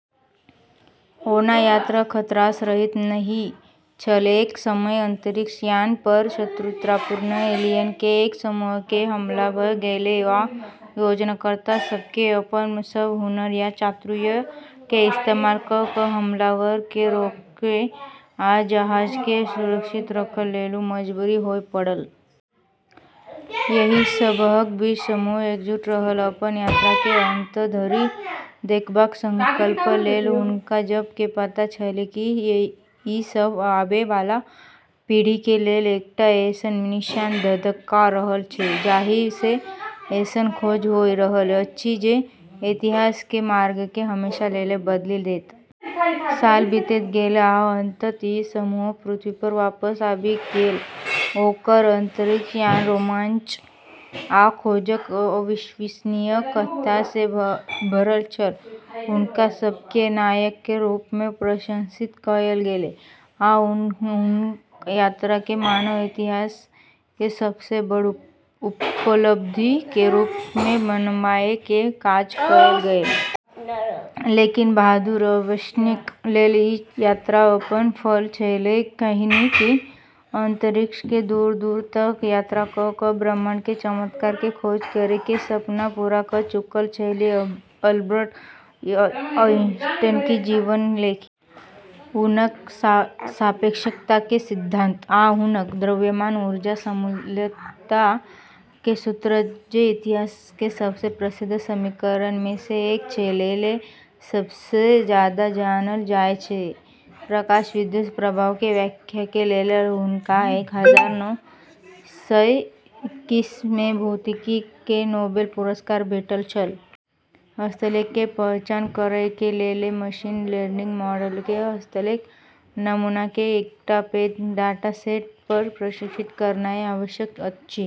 ओना यात्रा खतरासँ रहित नहि छल। एक समय अंतरिक्ष यान पर शत्रुतापूर्ण एलियन के एक समूह के हमला भ' गेलै, आ खोजकर्ता सब के अपन सब हुनर आ चातुर्य के इस्तेमाल क' क' हमलावर के रोकय आ जहाज के सुरक्षित रखय लेल मजबूर होय पड़ल। एहि सबहक बीच समूह एकजुट रहल, अपन यात्रा के अंत धरि देखबाक संकल्प लेल। हुनका सब के पता छेलै कि ई सब आबै वाला पीढ़ी के लेल एकटा ऐसन निशान धधका रहल छै, जाहि सँ ऐसन खोज होय रहल अछि जे इतिहास के मार्ग के हमेशा लेल बदलि देत। साल बीतैत गेल, आ अंततः, ई समूह पृथ्वी पर वापस आबि गेल, ओकर अंतरिक्ष यान रोमांच आ खोजक अविश्वसनीय कथा सँ भरल छल। हुनका सब के नायक के रूप मे प्रशंसित कएल गेलै, आ हुनक यात्रा के मानव इतिहास के सबसँ बड़ उपलब्धि के रूप मे मनाबय के काज कएल गेल। लेकिन बहादुर अन्वेषक लेल ई यात्रा अपन फल छेलै, कैन्हेकि अंतरिक्ष के दूर-दूर तक यात्रा क' क' ब्रह्मांड के चमत्कार के खोज करै के सपना पूरा क' चुकल छेलै। अल्बर्ट आइंस्टीन की जीवनी लिखें। हुनक सापेक्षता के सिद्धांत, आ हुनक द्रव्यमान-ऊर्जा समतुल्यता के सूत्र, जे इतिहास के सबसँ प्रसिद्ध समीकरण मे सँ एक छै, लेल सबसँ जादा जानल जाय छै। प्रकाश विद्युत प्रभाव के व्याख्या के लेल हुनका एक हजार नौ सय इक्कीस मे भौतिकी के नोबेल पुरस्कार भेटल छल। हस्तलेख के पहचान करय के लेल मशीन लर्निंग मॉडल के हस्तलेख नमूना के एकटा पैघ डाटासेट पर प्रशिक्षित करनाय आवश्यक अछि।